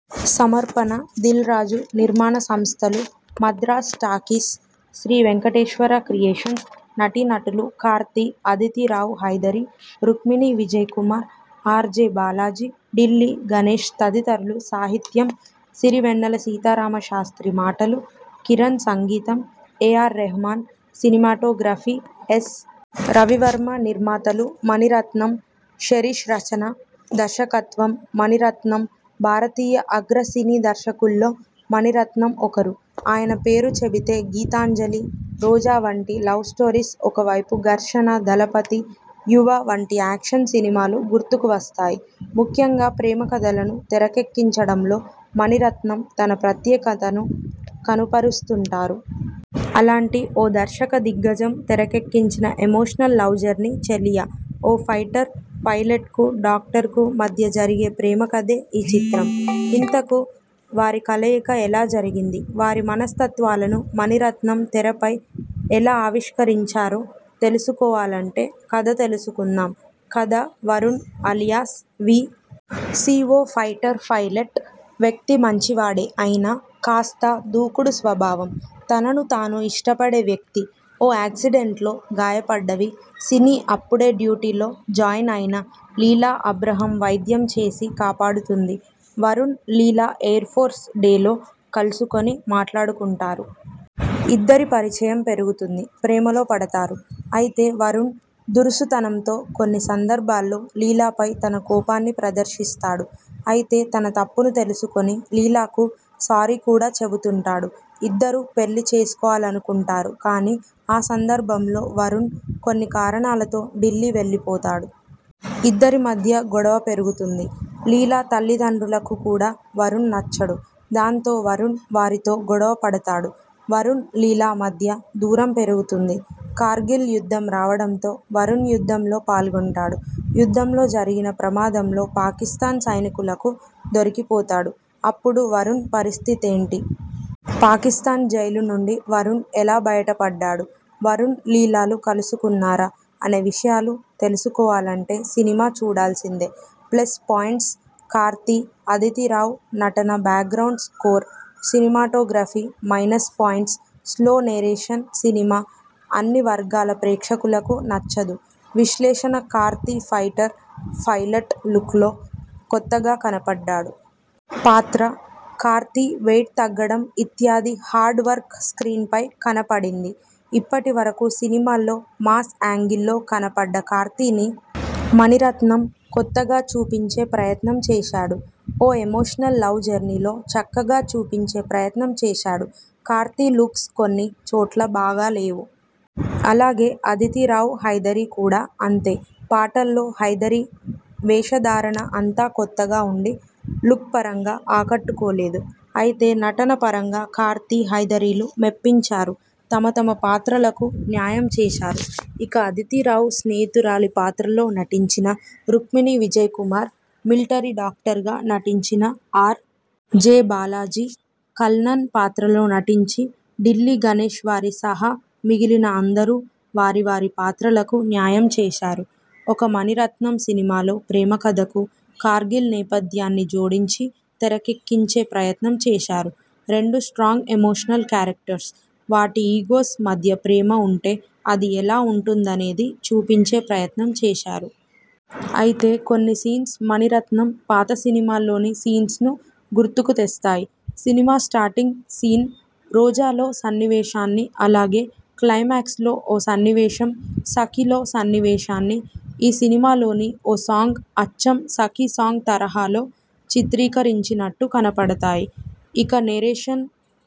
సమర్పణ- దిల్రాజు నిర్మాణ సంస్థలు- మద్రాస్ టాకీస్, శ్రీ వెంకటేశ్వర క్రియేషన్స్ నటినటులు- కార్తీ, అదితిరావు హైదరీ, రుక్మిణి విజయ్ కుమార్, ఆర్. జె. బాలాజీ, ఢిల్లీ గణేష్ తదితరులు సాహిత్యం- సిరివెన్నెల సీతారామశాస్త్రి మాటలు- కిరణ్ సంగీతం- A. R. Rahman cinematography- S. Ravi Varma నిర్మాతలు- మణిరత్నం, శిరీష్రచన, దర్శకత్వం- మణిరత్నం భారతీయ అగ్ర సినీ దర్శకుల్లో మణిరత్నం ఒకరు. ఆయన పేరు చెబితే గీతాంజలి, రోజా వంటి లవ్ స్టోరీస్ ఒకవైపు ఘర్షణ, దళపతి, యువ వంటి యాక్షన్ సినిమాలు గుర్తుకు వస్తాయి. ముఖ్యంగా ప్రేమకథలను తెరకెక్కించడంలో మణిరత్నం తన ప్రత్యేకతను కనపరుస్తుంటారు. అలాంటి ఓ దర్శక దిగ్గజం తెరకెక్కించిన ఎమోషనల్ లవ్ జర్నీ చెలియా. ఓ ఫైటర్ ఫైలట్కు, డాక్టర్కు మధ్య జరిగే ప్రేమ కథే ఈ చిత్రం. ఇంతకు వారి కలయిక ఎలా జరిగింది. వారి మనస్తత్వాలను మణిరత్నం తెరపై ఎలా ఆవిష్కరించారో తెలుసుకోవాలంటే కథ తెలుసుకుందాం కథ- వరుణ్ అలియాస్ వి. సి ఓ ఫైటర్ ఫైలైట్. వ్యక్తి మంచివాడే అయినా, కాస్తా దూకుడు స్వభావం. తనను తాను ఇష్టపడే వ్యక్తి. ఓ యాక్సిడెంట్లో గాయపడ్డవి. సిని అప్పుడే డ్యూటీలో జాయిన్ అయిన లీలా అబ్రహం వైద్యం చేసి కాపాడుతుంది. వరుణ్, లీలా ఎయిర్ఫోర్స్ డేలో కలుసుకుని మాట్లాడుకుంటారు. ఇద్దరి పరిచయం పెరుగుతుంది. ప్రేమలో పడతారు. అయితే వరుణ్ దురుసుతనంతో కొన్ని సందర్భాల్లో లీలాపై తన కోపాన్ని ప్రదర్శిస్తాడు. అయితే తన తప్పును తెలుసుకుని లీలాకు సారీ కూడా చెబుతుంటాడు. ఇద్దరు పెళ్ళి చేసుకోవాలనుకుంటారు కానీ ఆ సందర్భంలో వరుణ్ కొన్ని కారణాలతో ఢిల్లీ వెళ్ళిపోతాడు. ఇద్దరి మధ్య గొడవ పెరుగుతుంది. లీలా తల్లిదండ్రులకు కూడా వరుణ్ నచ్చడు. దాంతో వరుణ్ వారితో గొడవపడతాడు. వరుణ్, లీలా మధ్య దూరం పెరుగుతుంది. కార్గిల్ యుద్ధం రావడంతో వరుణ్ యుద్ధంలో పాల్గొంటాడు. యుద్ధంలో జరిగిన ప్రమాదంలో పాకిస్థాన్ సైనికులకు దొరికిపోతాడు. అప్పుడు వరుణ్ పరిస్థితేంటి? పాకిస్థాన్ జైలు నుండి వరుణ్ ఎలా భయటపడ్డాడు? వరుణ్, లీలాలు కలుసుకున్నారా? అనే విషయాలు తెలుసుకోవాలంటే సినిమా చూడాల్సిందే ప్లస్ పాయింట్స్ కార్తీ, అదితిరావు నటన background score, cinematography minus points slow narration cinema అన్ని వర్గాల ప్రేక్షకులకు నచ్చదు విశ్లేషణ కార్తీ ఫైటర్ ఫైలట్ లుక్లో కొత్తగా కనపడ్డాడు. పాత్ర కార్తీ వెయిట్ తగ్గడం ఇత్యాది హార్డ్ వర్క్ స్క్రీన్ పై కనపడింది. ఇప్పటి వరకు సినిమాల్లో మాస్ యాంగిల్లో కనపడ్డ కార్తీని మణిరత్నం కొత్తగా చూపించే ప్రయత్నం చేశాడు. ఓ ఎమోషనల్ లవ్ జర్నీలో చక్కగా చూపించే ప్రయత్నం చేశాడు. కార్తీ లుక్స్ కొన్ని చోట్ల బాగాలేవు. అలాగే అదితిరావు హైదరీ కూడా అంతే పాటల్లో హైదరీ వేషధారణ అంతా కొత్తగా ఉండి లుక్పరంగా ఆకట్టుకోలేదు. అయితే నటన పరంగా కార్తీ, హైదరీలు మెప్పించారు. తమ తమ పాత్రలకు న్యాయం చేశారు. ఇక అదితిరావు స్నేహితురాలి పాత్రలో నటించిన రుక్మిణి విజయ్ కుమార్, మిలటరీ డాక్టర్గా నటించిన ఆర్. జె. బాలాజీ, కల్నల్ పాత్రలో నటించి ఢిల్లీ గణేష్ వారి సహా మిగిలిన అందరూ వారి వారి పాత్రలకు న్యాయం చేశారు. ఒక మణిరత్నం సినిమాలో ప్రేమకథకు, కార్గిల్ నేపథ్యాన్ని జోడించి తెరకెక్కించే ప్రయత్నం చేశారు. రెండు స్ట్రాంగ్ ఎమోషనల్ క్యారెక్టర్స్, వాటి ఈగోస్ మధ్య ప్రేమ ఉంటే అది ఎలా ఉంటుందనేది చూపించే ప్రయత్నం చేశారు. అయితే కొన్ని సీన్స్ మణిరత్నం పాత సినిమాల్లోని సీన్స్ను గుర్తుకు తెస్తాయి. సినిమా స్టార్టింగ్ సీన్ రోజాలో సన్నివేశాన్ని, అలాగే క్లైమాక్స్లో ఓ సన్నివేశం సఖిలో సన్నివేశాన్ని, ఈ సినిమాలోని ఓ సాంగ్ అచ్చం సఖి సాంగ్ తరహాలో చిత్రీకరించినట్టు కనపడతాయి. ఇక నెరేషన్